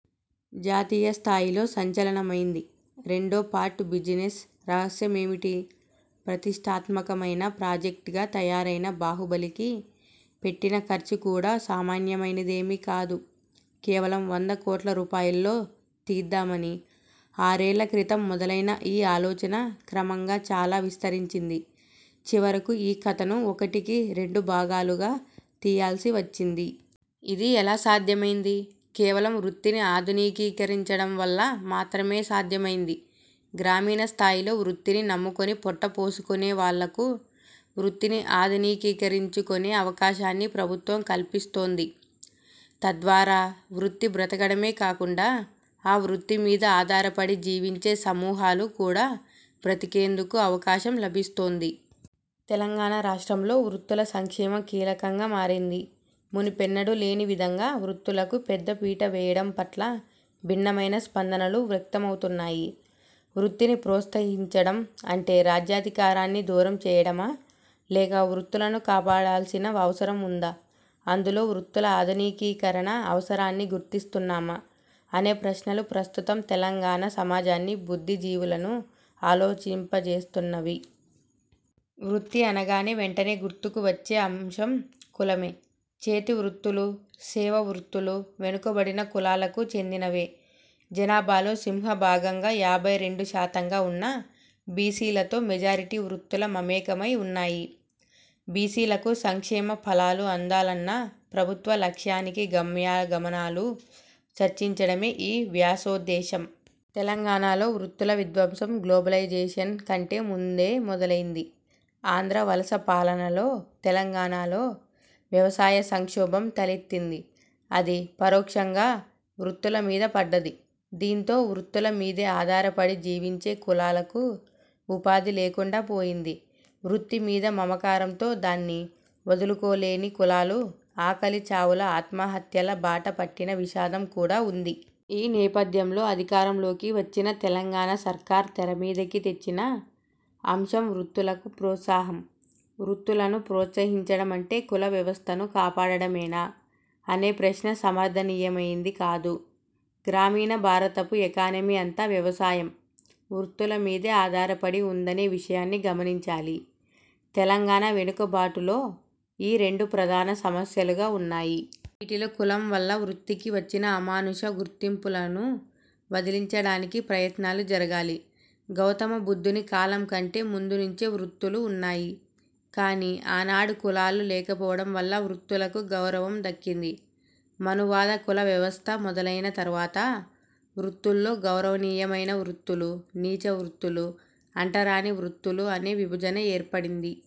జాతీయ స్థాయిలో సంచలనమైంది. రెండో పార్ట్ బిజినెస్ రహస్యం ఏమిటి? ప్రతిష్ఠాత్మకమైన ప్రాజెక్ట్గా తయారైన బాహుబలికి పెట్టిన ఖర్చు కూడా సామాన్యమైనదేమీ కాదు. కేవలం వంద కోట్ల రూపాయల్లో తీద్దామని, ఆరేళ్ళ క్రితం మొదలైన ఈ ఆలోచన క్రమంగా చాలా విస్తరించింది. చివరకు ఈ కథను ఒకటికి, రెండు భాగాలుగా తీయాల్సి వచ్చింది. ఇది ఎలా సాధ్యమైంది? కేవలం వృత్తిని ఆధునికీకరించడం వల్ల మాత్రమే సాధ్యమైంది. గ్రామీణ స్థాయిలో వృత్తిని నమ్ముకొని పొట్టపోసుకునే వాళ్లకు వృత్తిని ఆధునికీకరించుకునే అవకాశాన్ని ప్రభుత్వం కల్పిస్తోంది. తద్వారా వృత్తి బ్రతకడమే కాకుండా, ఆ వృత్తి మీద ఆధారపడి జీవించే సమూహాలు కూడా బ్రతికేందుకు అవకాశం లభిస్తోంది. తెలంగాణ రాష్ట్రంలో వృత్తుల సంక్షేమం కీలకంగా మారింది. మునుపెన్నడూ లేనివిధంగా వృత్తులకు పెద్దపీటవేయడం పట్ల భిన్నమైన స్పందనలు వ్యక్తమవుతున్నాయి. వృత్తిని ప్రోత్సహించడం అంటే రాజ్యాధికారానికి దూరం చేయడమా? లేక వృత్తులను కాపాడాల్సిన అవసరం ఉందా? అందులో వృత్తుల ఆధునికీకరణ అవసరాన్ని గుర్తిస్తున్నామా? అనే ప్రశ్నలు ప్రస్తుతం తెలంగాణ సమాజాన్ని, బుద్ధిజీవులను ఆలోచింపజేస్తున్నవి. వృత్తి అనగానే వెంటనే గుర్తుకు వచ్చే అంశం కులమే. చేతి వృత్తులు, సేవ వృత్తులు వెనుకబడిన కులాలకు చెందినవే. జనాభాలో సింహభాగంగా యాభై రెండు శాతంగా ఉన్న బీసీలతో మెజారిటీ వృత్తులు మమేకమై ఉన్నాయి. బీసీలకు సంక్షేమ ఫలాలు అందాలన్న ప్రభుత్వ లక్ష్యానికి గమ్యాగమనాలు చర్చించడమే ఈ వ్యాసోద్ధేశం. తెలంగాణలో వృత్తుల విధ్వంసం గ్లోబలైజేషన్ కంటే ముందే మొదలైంది. ఆంధ్ర వలస పాలనలో తెలంగాణలో వ్యవసాయ సంక్షోభం తలెత్తింది. అది పరోక్షంగా వృత్తుల మీద పడ్డది. దీంతో వృత్తుల మీదే ఆధారపడి జీవించే కులాలకు ఉపాధి లేకుండా పోయింది. వృత్తి మీద మమకారంతో దాన్ని వదులుకోలేని కులాలు ఆకలి చావుల, ఆత్మహత్యల బాట పట్టిన విషాదం కూడా ఉంది. ఈ నేపథ్యంలో అధికారంలోకి వచ్చిన తెలంగాణ సర్కార్ తెరమీదికి తెచ్చిన అంశం వృత్తులకు ప్రోత్సాహం. వృత్తులను ప్రోత్సహించడమంటే కుల వ్యవస్థను కాపాడడమేనా? అనే ప్రశ్న సమర్థనీయమైంది కాదు. గ్రామీణ భారతపు ఎకానమీ అంతా వ్యవసాయం, వృత్తుల మీదే ఆధారపడి ఉందనే విషయాన్ని గమనించాలి. తెలంగాణ వెనుకబాటులో ఈ రెండు ప్రధాన సమస్యలుగా ఉన్నాయి. వీటిలో కులం వల్ల వృత్తికి వచ్చిన అమానుష గుర్తింపులను వదిలించడానికి ప్రయత్నాలు జరగాలి. గౌతమ బుద్ధుని కాలం కంటే ముందు నుంచే వృత్తులు ఉన్నాయి. కానీ, ఆనాడు కులాలు లేకపోవడం వల్ల వృత్తులకు గౌరవం దక్కింది. మనువాద కుల వ్యవస్థ మొదలైన తరువాత వృత్తుల్లో గౌరవనీయమైన వృత్తులు, నీచ వృత్తులు, అంటరాని వృత్తులు అనే విభజన ఏర్పడింది.